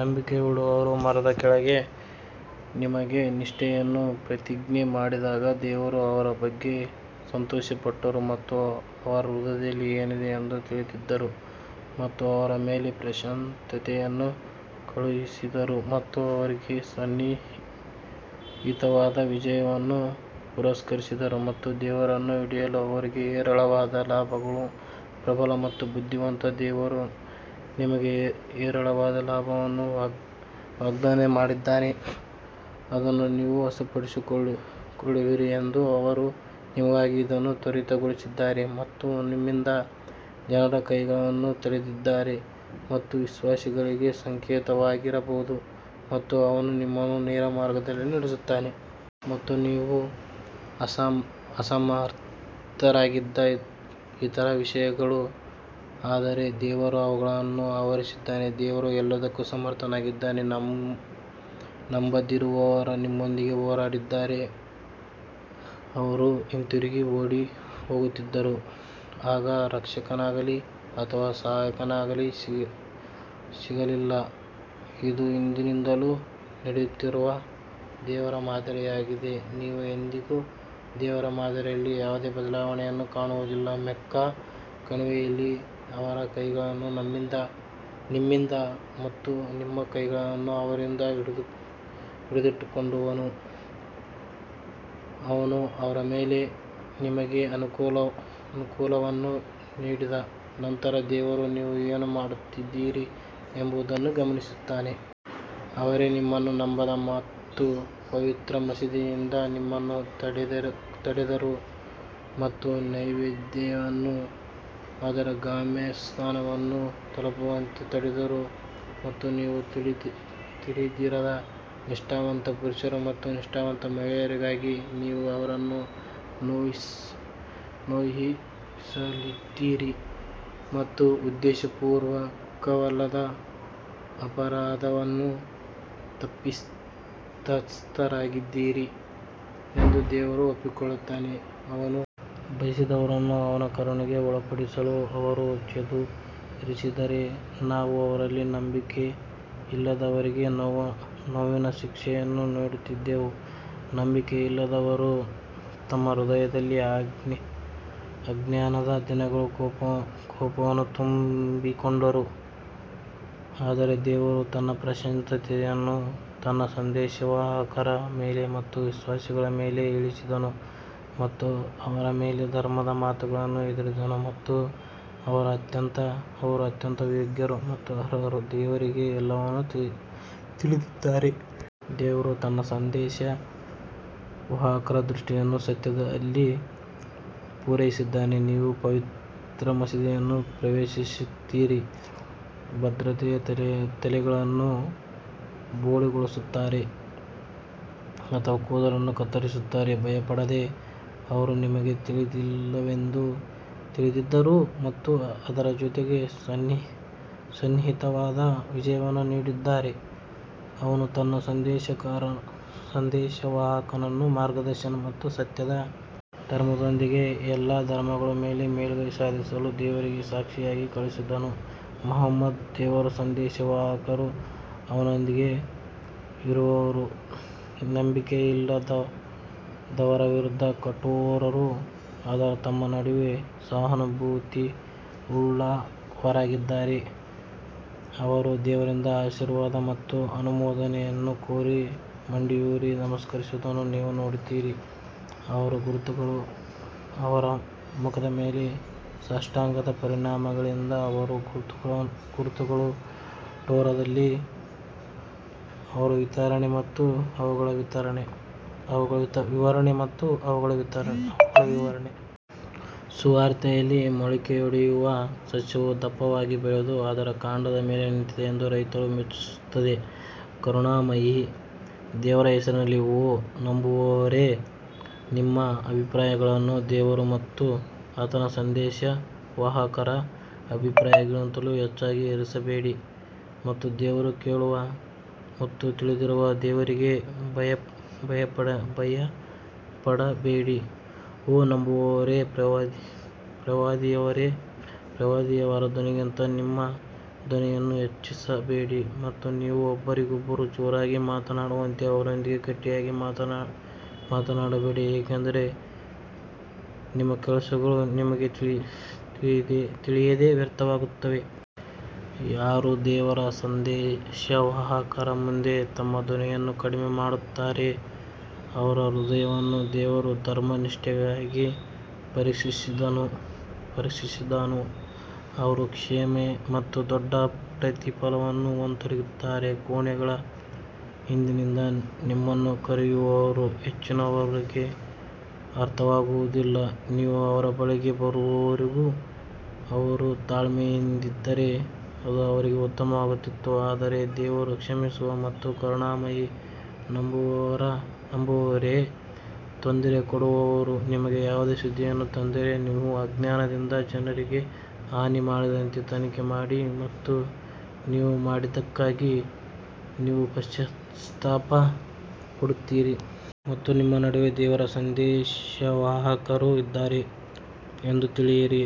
ನಂಬಿಕೆಯುಳ್ಳವರು ಮರದ ಕೆಳಗೆ ನಿಮಗೆ ನಿಷ್ಠೆಯನ್ನು ಪ್ರತಿಜ್ಞೆ ಮಾಡಿದಾಗ ದೇವರು ಅವರ ಬಗ್ಗೆ ಸಂತೋಷಪಟ್ಟರು ಮತ್ತು ಅವರ ಹೃದಯದಲ್ಲಿ ಏನಿದೆ ಎಂದು ತಿಳಿದಿದ್ದರು ಮತ್ತು ಅವರ ಮೇಲೆ ಪ್ರಶಾಂತತೆಯನ್ನು ಕಳುಹಿಸಿದರು ಮತ್ತು ಅವರಿಗೆ ಸನ್ನಿಹಿತವಾದ ವಿಜಯವನ್ನು ಪುರಸ್ಕರಿಸಿದರು ಮತ್ತು ದೇವರನ್ನು ಹಿಡಿಯಲು ಅವರಿಗೆ ಹೇರಳವಾದ ಲಾಭಗಳು ಪ್ರಬಲ ಮತ್ತು ಬುದ್ಧಿವಂತ ದೇವರು ನಿಮಗೆ ಹೇರಳವಾದ ಲಾಭವನ್ನು ವಾಗ್ದಾನ ಮಾಡಿದ್ದಾನೆ, ಅದನ್ನು ನೀವು ವಶಪಡಿಸಿಕೊಳ್ಳುವಿರಿ ಎಂದು ಅವರು ನಿಮಗಾಗಿ ಇದನ್ನು ತ್ವರಿತಗೊಳಿಸಿದ್ದಾರೆ ಮತ್ತು ನಿಮ್ಮಿಂದ ಜನರ ಕೈಗಳನ್ನು ತಡೆದಿದ್ದಾರೆ, ಇದು ವಿಶ್ವಾಸಿಗಳಿಗೆ ಸಂಕೇತವಾಗಿರಬಹುದು ಮತ್ತು ಅವನು ನಿಮ್ಮನ್ನು ನೇರ ಮಾರ್ಗದಲ್ಲಿ ನಡೆಸುತ್ತಾನೆ. ಮತ್ತು ನೀವು ಅಸಮರ್ಥರಾಗಿದ್ದ ಇತರ ವಿಷಯಗಳು ಆದರೆ ದೇವರು ಅವುಗಳನ್ನು ಆವರಿಸಿದ್ದಾನೆ ದೇವರು ಎಲ್ಲದಕ್ಕೂ ಸಮರ್ಥನಾಗಿದ್ದಾನೆ ನಂಬದಿರುವವರು ನಿಮ್ಮೊಂದಿಗೆ ಹೋರಾಡಿದ್ದರೆ ಅವರು ಹಿಂತಿರುಗಿ ಓಡಿಹೋಗುತ್ತಿದ್ದರು, ಆಗ ರಕ್ಷಕನಾಗಲಿ ಅಥವಾ ಸಹಾಯಕನಾಗಲಿ ಸಿಗಲಿಲ್ಲ. ಇದು ಹಿಂದಿನಿಂದಲೂ ನಡೆಯುತ್ತಿರುವ ದೇವರ ಮಾದರಿಯಾಗಿದೆ, ನೀವು ಎಂದಿಗೂ ದೇವರ ಮಾದರಿಯಲ್ಲಿ ಯಾವುದೇ ಬದಲಾವಣೆಯನ್ನು ಕಾಣುವುದಿಲ್ಲ ಮೆಕ್ಕಾ ಕಣಿವೆಯಲ್ಲಿ ಅವರ ಕೈಗಳನ್ನು ನಿಮ್ಮಿಂದ ಮತ್ತು ನಿಮ್ಮ ಕೈಗಳನ್ನು ಅವರಿಂದ ಹಿಡಿದಿಟ್ಟುಕೊಂಡವನು ಅವನು ಅವರ ಮೇಲೆ ನಿಮಗೆ ಅನುಕೂಲವನ್ನು ನೀಡಿದ ನಂತರ ದೇವರು ನೀವು ಏನು ಮಾಡುತ್ತಿದ್ದೀರಿ ಎಂಬುದನ್ನು ಗಮನಿಸುತ್ತಾನೆ. ಅವರೇ ನಿಮ್ಮನ್ನು ನಂಬದ ಮತ್ತು ಪವಿತ್ರ ಮಸೀದಿಯಿಂದ ನಿಮ್ಮನ್ನು ತಡೆದರು ಮತ್ತು ನೈವೇದ್ಯವನ್ನು ಅದರ ಗಮ್ಯಸ್ಥಾನವನ್ನು ತಲುಪದಂತೆ ತಡೆದರು ಮತ್ತು ನೀವು ತಿಳಿದಿರದ ನಿಷ್ಠಾವಂತ ಪುರುಷರು ಮತ್ತು ನಿಷ್ಠಾವಂತ ಮಹಿಳೆಯರಿಗಾಗಿ ನೀವು ಅವರನ್ನು ನೋಯಿಸಲಿದ್ದೀರಿ ಮತ್ತು ಉದ್ದೇಶಪೂರ್ವಕವಲ್ಲದ ಅಪರಾಧವನ್ನು ತಪ್ಪಿತಸ್ಥರಾಗಿದ್ದೀರಿ ಎಂದು ದೇವರು ಒಪ್ಪಿಕೊಳ್ಳುತ್ತಾನೆ. ಅವನು ಬಯಸಿದವರನ್ನು ಅವನ ಕರುಣೆಗೆ ಒಳಪಡಿಸಲು ಅವರು ಚದುರಿಸಿದರೆ ನಾವು ಅವರಲ್ಲಿ ನಂಬಿಕೆಯಿಲ್ಲದವರಿಗೆ ನೋವಿನ ಶಿಕ್ಷೆಯನ್ನು ನೀಡುತ್ತಿದ್ದೆವು ನಂಬಿಕೆಯಿಲ್ಲದವರು ತಮ್ಮ ಹೃದಯದಲ್ಲಿ ಅಜ್ಞಾನದ ದಿನಗಳ ಕೋಪವನ್ನು ತುಂಬಿಕೊಂಡರು ಆದರೆ ದೇವರು ತನ್ನ ಪ್ರಶಾಂತತೆಯನ್ನು ತನ್ನ ಸಂದೇಶವಾಹಕರ ಮೇಲೆ ಮತ್ತು ವಿಶ್ವಾಸಿಗಳ ಮೇಲೆ ಇಳಿಸಿದನು ಮತ್ತು ಅವರ ಮೇಲೆ ಧರ್ಮದ ಮಾತುಗಳನ್ನು ಹೇರಿದನು ಮತ್ತು ಅವರು ಅತ್ಯಂತ ಯೋಗ್ಯರು ಮತ್ತು ಅರ್ಹರು ದೇವರಿಗೆ ಎಲ್ಲವನ್ನೂ ತಿಳಿದಿದ್ದಾರೆ. ದೇವರು ತನ್ನ ಸಂದೇಶವಾಹಕರ ದೃಷ್ಟಿಯನ್ನು ಸತ್ಯದಲ್ಲಿ ಪೂರೈಸಿದ್ದಾನೆ, ನೀವು ಪವಿತ್ರ ಮಸೀದಿಯನ್ನು ಪ್ರವೇಶಿಸುತ್ತೀರಿ, ಭದ್ರತೆಯ ತಲೆಗಳನ್ನು ಬೋಳಿಸಿಕೊಳ್ಳುತ್ತಾರೆ ಅಥವಾ ಕೂದಲನ್ನು ಕತ್ತರಿಸುತ್ತಾರೆ, ಭಯಪಡದೆ ಅವರು ನಿಮಗೆ ತಿಳಿದಿಲ್ಲವೆಂದು ತಿಳಿದಿದ್ದರು ಮತ್ತು ಅದರ ಜೊತೆಗೆ ಸನ್ನಿಹಿತವಾದ ವಿಜಯವನ್ನು ನೀಡಿದ್ದಾರೆ. ಅವನು ತನ್ನ ಸಂದೇಶವಾಹಕನನ್ನು ಮಾರ್ಗದರ್ಶನ ಮತ್ತು ಸತ್ಯದ ಧರ್ಮದೊಂದಿಗೆ ಎಲ್ಲಾ ಧರ್ಮಗಳ ಮೇಲೆ ಮೇಲುಗೈ ಸಾಧಿಸಲು ದೇವರಿಗೆ ಸಾಕ್ಷಿಯಾಗಿ ಕಳುಹಿಸಿದನು ಮುಹಮ್ಮದ್ ದೇವರ ಸಂದೇಶವಾಹಕರು ಅವನೊಂದಿಗೆ ಇರುವವರು ನಂಬಿಕೆಯಿಲ್ಲದವರ ವಿರುದ್ಧ ಕಠೋರರು ಆದರೆ ತಮ್ಮ ನಡುವೆ ಸಹಾನುಭೂತಿಯುಳ್ಳವರಾಗಿದ್ದಾರೆ, ಅವರು ದೇವರಿಂದ ಆಶೀರ್ವಾದ ಮತ್ತು ಅನುಮೋದನೆಯನ್ನು ಕೋರಿ ಮಂಡಿಯೂರಿ ನಮಸ್ಕರಿಸುವುದನ್ನು ನೀವು ನೋಡುತ್ತೀರಿ, ಅವರ ಗುರುತುಗಳು ಅವರ ಮುಖದ ಮೇಲೆ ಸಾಷ್ಟಾಂಗದ ಪರಿಣಾಮಗಳಿಂದ ಅವರ ಗುರುತುಗಳು ಟೋರಾದಲ್ಲಿ ಅವರ ವಿವರಣೆ ಮತ್ತು ಅವುಗಳ ವಿವರಣೆ. ಸುವಾರ್ತೆಯಲ್ಲಿ ಮೊಳಕೆಯೊಡೆಯುವ ಸಸ್ಯವು ದಪ್ಪವಾಗಿ ಬೆಳೆದು ಅದರ ಕಾಂಡದ ಮೇಲೆ ನಿಂತಿದೆ ಎಂದು ರೈತರನ್ನು ಮೆಚ್ಚಿಸುತ್ತದೆ ಕರುಣಾಮಯಿ ದೇವರ ಹೆಸರಿನಲ್ಲಿ ಓ ನಂಬುವವರೇ, ನಿಮ್ಮ ಅಭಿಪ್ರಾಯಗಳನ್ನು ದೇವರು ಮತ್ತು ಆತನ ಸಂದೇಶವಾಹಕರ ಅಭಿಪ್ರಾಯಗಳಿಗಿಂತ ಹೆಚ್ಚಾಗಿ ಇರಿಸಬೇಡಿ ಮತ್ತು ದೇವರು ಕೇಳುವ ಮತ್ತು ತಿಳಿದಿರುವ ದೇವರಿಗೆ ಭಯಪಡಬೇಡಿ ಓ ನಂಬುವವರೇ, ಪ್ರವಾದಿಯವರ ಧ್ವನಿಗಿಂತ ನಿಮ್ಮ ಧ್ವನಿಯನ್ನು ಹೆಚ್ಚಿಸಬೇಡಿ ಮತ್ತು ನೀವು ಒಬ್ಬರಿಗೊಬ್ಬರು ಜೋರಾಗಿ ಮಾತನಾಡುವಂತೆ ಅವರೊಂದಿಗೆ ಗಟ್ಟಿಯಾಗಿ ಮಾತನಾಡಬೇಡಿ ಏಕೆಂದರೆ ನಿಮ್ಮ ಕೆಲಸಗಳು ನಿಮಗೆ ತಿಳಿಯದೆ ವ್ಯರ್ಥವಾಗುತ್ತವೆ. ಯಾರು ದೇವರ ಸಂದೇಶವಾಹಕರ ಮುಂದೆ ತಮ್ಮ ಧ್ವನಿಯನ್ನು ಕಡಿಮೆ ಮಾಡುತ್ತಾರೆ ಅವರ ಹೃದಯವನ್ನು ದೇವರು ಧರ್ಮನಿಷ್ಠೆಗಾಗಿ ಪರೀಕ್ಷಿಸಿದನೋ ಅವರು ಕ್ಷಮೆ ಮತ್ತು ದೊಡ್ಡ ಪ್ರತಿಫಲವನ್ನು ಹೊಂದಿರುತ್ತಾರೆ ಕೋಣೆಗಳ ಹಿಂದಿನಿಂದ ನಿಮ್ಮನ್ನು ಕರೆಯುವವರು ಹೆಚ್ಚಿನವರಿಗೆ ಅರ್ಥವಾಗುವುದಿಲ್ಲ ನೀವು ಅವರ ಬಳಿಗೆ ಬರುವವರೆಗೂ ಅವರು ತಾಳ್ಮೆಯಿಂದಿದ್ದರೆ ಅದು ಅವರಿಗೆ ಉತ್ತಮವಾಗುತ್ತಿತ್ತು ಆದರೆ ದೇವರು ಕ್ಷಮಿಸುವ ಮತ್ತು ಕರುಣಾಮಯಿ ನಂಬುವವರೇ, ತೊಂದರೆ ಕೊಡುವವರು ನಿಮಗೆ ಯಾವುದೇ ಸುದ್ದಿಯನ್ನು ತಂದರೆ ನೀವು ಅಜ್ಞಾನದಿಂದ ಜನರಿಗೆ ಹಾನಿ ಮಾಡದಂತೆ ತನಿಖೆ ಮಾಡಿ ಮತ್ತು ನೀವು ಮಾಡಿದ್ದಕ್ಕಾಗಿ ನೀವು ಪಶ್ಚಾತ್ತಾಪ ಪಡುತ್ತೀರಿ. ಮತ್ತು ನಿಮ್ಮ ನಡುವೆ ದೇವರ ಸಂದೇಶವಾಹಕರು ಇದ್ದಾರೆ ಎಂದು ತಿಳಿಯಿರಿ,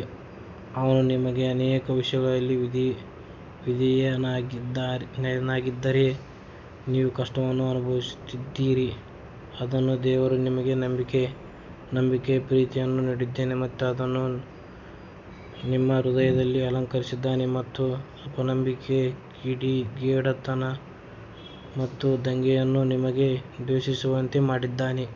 ಅವನು ನಿಮಗೆ ಅನೇಕ ವಿಷಯಗಳಲ್ಲಿ ವಿಧೇಯನಾಗಿದ್ದರೆ ನೀವು ಕಷ್ಟವನ್ನು ಅನುಭವಿಸುತ್ತಿದ್ದಿರಿ ಆದರೆ ದೇವರು ನಿಮಗೆ ನಂಬಿಕೆಯ ಪ್ರೀತಿಯನ್ನು ನೀಡಿದ್ದಾನೆ ಮತ್ತು ಅದನ್ನು ನಿಮ್ಮ ಹೃದಯದಲ್ಲಿ ಅಲಂಕರಿಸಿದ್ದಾನೆ ಮತ್ತು ಅಪನಂಬಿಕೆ ಕಿಡಿಗೇಡಿತನ ಮತ್ತು ದಂಗೆಯನ್ನು ನಿಮಗೆ ದ್ವೇಷಿಸುವಂತೆ ಮಾಡಿದ್ದಾನೆ.